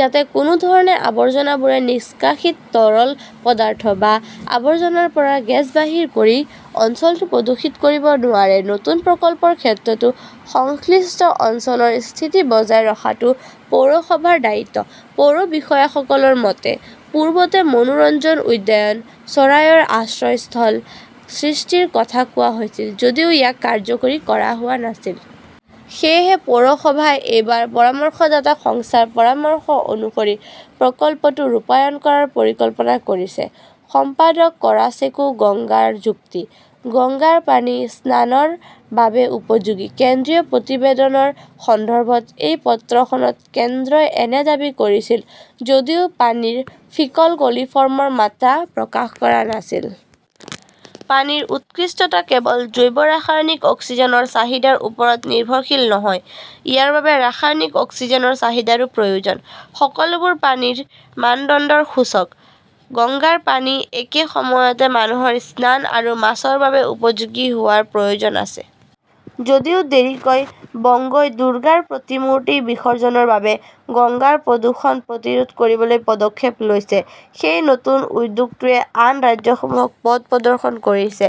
যাতে কোনো ধৰণে আৱৰ্জনাবোৰে নিষ্কাশিত তৰল পদাৰ্থ বা আৱৰ্জনাৰ পৰা গেছ বাহিৰ কৰি অঞ্চলটো প্ৰদূষিত কৰিব নোৱাৰে। নতুন প্ৰকল্পৰ ক্ষেত্ৰতো সংশ্লিষ্ট অঞ্চলৰ স্থিতি বজাই ৰখাটো পৌৰসভাৰ দায়িত্ব। পৌৰ বিষয়াসকলৰ মতে, পূৰ্বতে মনোৰঞ্জন উদ্যান, চৰাইৰ আশ্ৰয়স্থল সৃষ্টিৰ কথা কোৱা হৈছিল যদিও ইয়াক কাৰ্যকৰী কৰা হোৱা নাছিল। সেয়েহে পৌৰসভাই এইবাৰ পৰামৰ্শদাতা সংস্থাৰ পৰামৰ্শ অনুসৰি প্ৰকল্পটো ৰূপায়ণ কৰাৰ পৰিকল্পনা কৰিছে। সম্পাদক কৰাচেশুঃ গংগাৰ যুক্তি, "গংগাৰ পানী স্নানৰ বাবে উপযোগী, কেন্দ্ৰীয় প্ৰতিবেদনৰ সন্দৰ্ভত এই পত্ৰখনত কেন্দ্ৰই এনে দাবী কৰিছিল যদিও পানীৰ 'ফিকল কলিফৰ্মৰ' মাত্ৰা প্ৰকাশ কৰা নাছিল। পানীৰ উৎকৃষ্টতা কেৱল জৈৱ ৰাসায়নিক অক্সিজেনৰ চাহিদাৰ ওপৰত নিৰ্ভৰশীল নহয়, ইয়াৰ বাবে ৰাসায়নিক অক্সিজেনৰ চাহিদাৰো প্ৰয়োজন। সকলোবোৰ পানীৰ মানদণ্ডৰ সূচক। গংগাৰ পানী একে সময়তে মানুহৰ স্নান আৰু মাছৰ বাবে উপযোগী হোৱাৰ প্ৰয়োজন আছে। যদিও দেৰিকৈ, বংগই দুৰ্গাৰ প্ৰতিমূৰ্তি বিসৰ্জনৰ বাবে গংগাৰ প্ৰদূষণ প্ৰতিৰোধ কৰিবলৈ পদক্ষেপ লৈছে। সেই নতুন উদ্যোগটোৱে আন ৰাজ্যসমূহক পথ প্ৰদৰ্শন কৰিছে।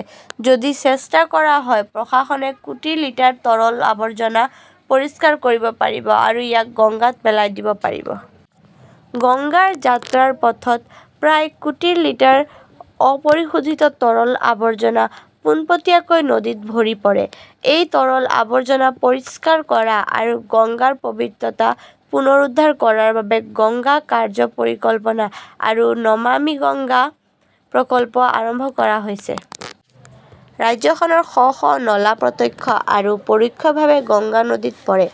যদি চেষ্টা কৰা হয়, প্ৰশাসনে কোটি লিটাৰ তৰল আৱৰ্জনা পৰিষ্কাৰ কৰিব পাৰিব আৰু ইয়াক গঙ্গাত পেলাই দিব পাৰিব। গংগাৰ যাত্ৰাৰ পথত প্ৰায় কোটি লিটাৰ অপৰিশোধিত তৰল আৱৰ্জনা পোনপটীয়াকৈ নদীত ভৰি পৰে। এই তৰল আৱৰ্জনা পৰিষ্কাৰ কৰা আৰু গংগাৰ পৱিত্ৰতা পুনৰুদ্ধাৰ কৰাৰ বাবে "গংগা কাৰ্য্য পৰিকল্পনা" আৰু "নমামি গংগা" প্ৰকল্প আৰম্ভ কৰা হৈছে। ৰাজ্যখনৰ শ শ নলা প্ৰত্যক্ষ আৰু পৰোক্ষভাৱে গংগা নদীত পৰে।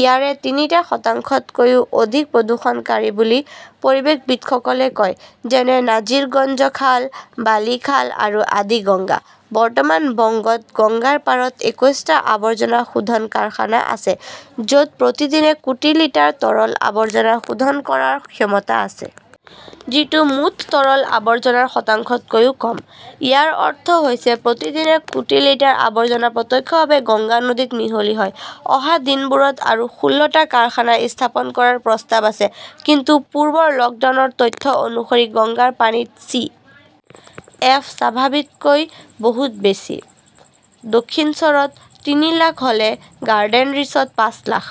ইয়াৰে তিনিটা শতাংশতকৈও অধিক প্ৰদূষণকাৰী বুলি পৰিৱেশবিদসকলে কয়। যেনে-নাজিৰগঞ্জ খাল, বালি খাল আৰু আদি গংগা। বৰ্তমান বংগত গংগাৰ পাৰত একৈশটা আৱৰ্জনা শোধন কাৰখানা আছে, য'ত প্ৰতিদিনে কোটি লিটাৰ তৰল আৱৰ্জনা শোধন কৰাৰ ক্ষমতা আছে। যিটো মুঠ তৰল আৱৰ্জনাৰ শতাংশতকৈ কম। ইয়াৰ অৰ্থ হৈছে প্ৰতিদিনে কোটি লিটাৰ আৱৰ্জনা প্ৰত্যক্ষভাৱে গংগা নদীত মিহলি হয়। অহা দিনবোৰত আৰু ষোল্লটা কাৰখানা স্থাপন কৰাৰ প্ৰস্তাৱ আছে। কিন্তু পূৰ্বৰ লকডাউনৰ তথ্য অনুসৰি গংগাৰ পানীত চি. এফ. স্বাভাৱিকতকৈ বহু বেছি। দক্ষিণশ্বৰত তিনি লাখ হ'লে গাৰ্ডেনৰিছত পাঁচ লাখ,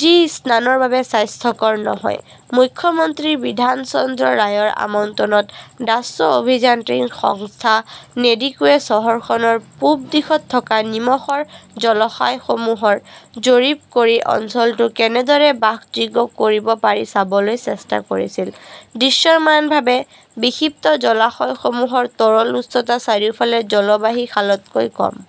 যি স্নানৰ বাবে স্বাস্থ্যকৰ নহয়।" মুখ্যমন্ত্ৰী বিধান চন্দ্ৰ ৰায়ৰ আমন্ত্ৰণত ডাচ্চ অভিযান্ত্ৰিক সংস্থা নেডিকোৱে চহৰখনৰ পূব দিশত থকা নিমখৰ জলাশয়সমূহৰ জৰীপ কৰি অঞ্চলটো কেনেদৰে বাসযোগ্য কৰিব পাৰি চাবলৈ চেষ্টা কৰিছিল। দৃশ্যমানভাৱে, বিক্ষিপ্ত জলাশয়সমূহৰ তলৰ উচ্চতা চাৰিওফালৰ জলবাহী খালতকৈ কম।